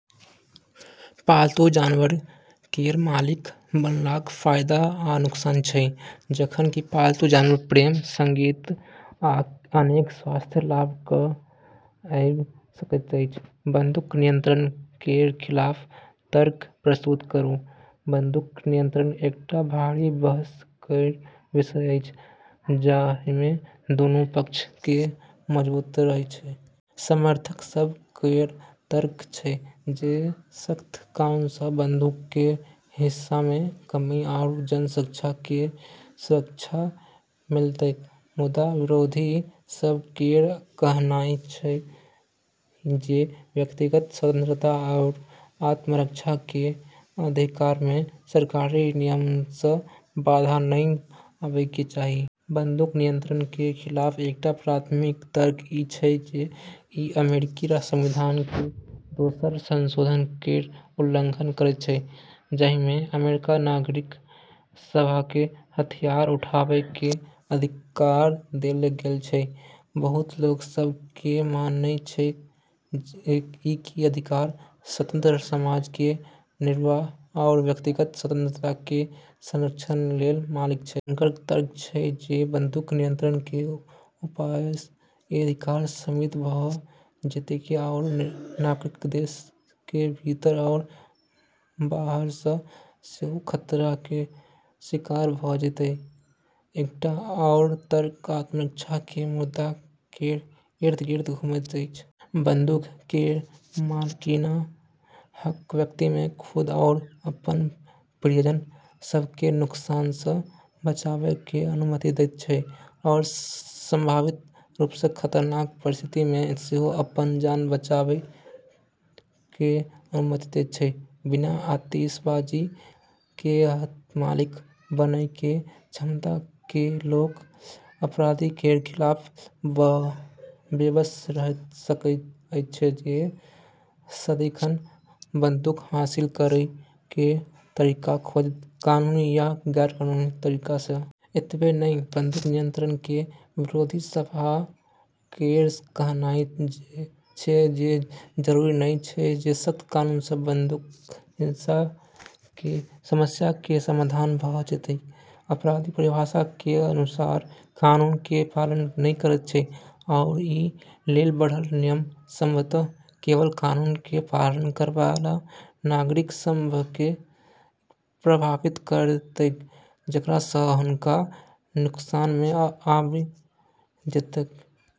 निष्कर्षतः पालतू जानवर केर मालिक बनलाक फायदा आ नुकसान छै। जखन कि पालतू जानवर प्रेम, संगति, आ अनेक स्वास्थ्य लाभ ल' कऽ आबि सकैत अछि। बंदूक नियंत्रण केर खिलाफ तर्क प्रस्तुत करू। बंदूक नियंत्रण एकटा भारी बहस केर विषय अछि जाहिमे दुनू पक्ष केर मजबूत राय अछि। समर्थक सभ केर तर्क छै जे सख्त कानूनसँ बंदूक केर हिंसामे कमी आरू जन सुरक्षा केर सुरक्षा मिलतैक, मुदा विरोधी सभ केर कहनाय छै जे व्यक्तिगत स्वतंत्रता आरू आत्मरक्षा केर अधिकारमे सरकारी नियमनसँ बाधा नहि आबै के चाही। बंदूक नियंत्रण केर खिलाफ एकटा प्राथमिक तर्क ई छै जे ई अमेरिकी संविधान केर दोसर संशोधन केर उल्लंघन करैत छै, जाहिमे अमेरिकी नागरिक सभकेँ हथियार उठाबै केर अधिकार देल गेल छै। बहुत लोग सभ केर माननाय छै जे ई अधिकार स्वतंत्र समाज केर निर्वाह आरू व्यक्तिगत स्वतंत्रता केर संरक्षण लेल मौलिक छै। हुनकर तर्क छै जे बंदूक नियंत्रण केर उपायसँ ई अधिकार सीमित भऽ जेतैक आरू नागरिक देश केर भीतर आरू बाहरसँ सेहो खतरा केर शिकार भऽ जेतैक। एकटा आओर तर्क आत्मरक्षा केर मुद्दा केर इर्द-गिर्द घूमैत अछि। बंदूक केर मालिकाना हक व्यक्तिमे खुद आरू अपन प्रियजन सभकेँ नुकसानसँ बचाबै केर अनुमति दैत छै आरू संभावित रूपसँ खतरनाक परिस्थितिमे सेहो अपन जान बचाबै केर अनुमति दैत छै। बिना आतिशबाजी (हथियार) केर मालिक बनै केर क्षमता केर लोक अपराधी केर खिलाफ बेबस रहि सकैत अछि जे सदिखन बंदूक हासिल करै केर तरीका खोजत, कानूनी या गैर-कानूनी तरीकासँ। एतबे नहि, बंदूक नियंत्रण केर विरोधी सभ केर कहनाय छै जे जरूरी नहि छै जे सख्त कानूनसँ बंदूक हिंसा केर समस्या केर समाधान भऽ जेतैक। अपराधी, परिभाषा केर अनुसार, कानून केर पालन नहि करैत छै, आरू ई लेल बढ़ल नियम संभवतः केवल कानून केर पालन करैबला नागरिक सभकेँ ही प्रभावित करतैक, जेकरासँ हुनका नुकसानमे आबि जेतैक।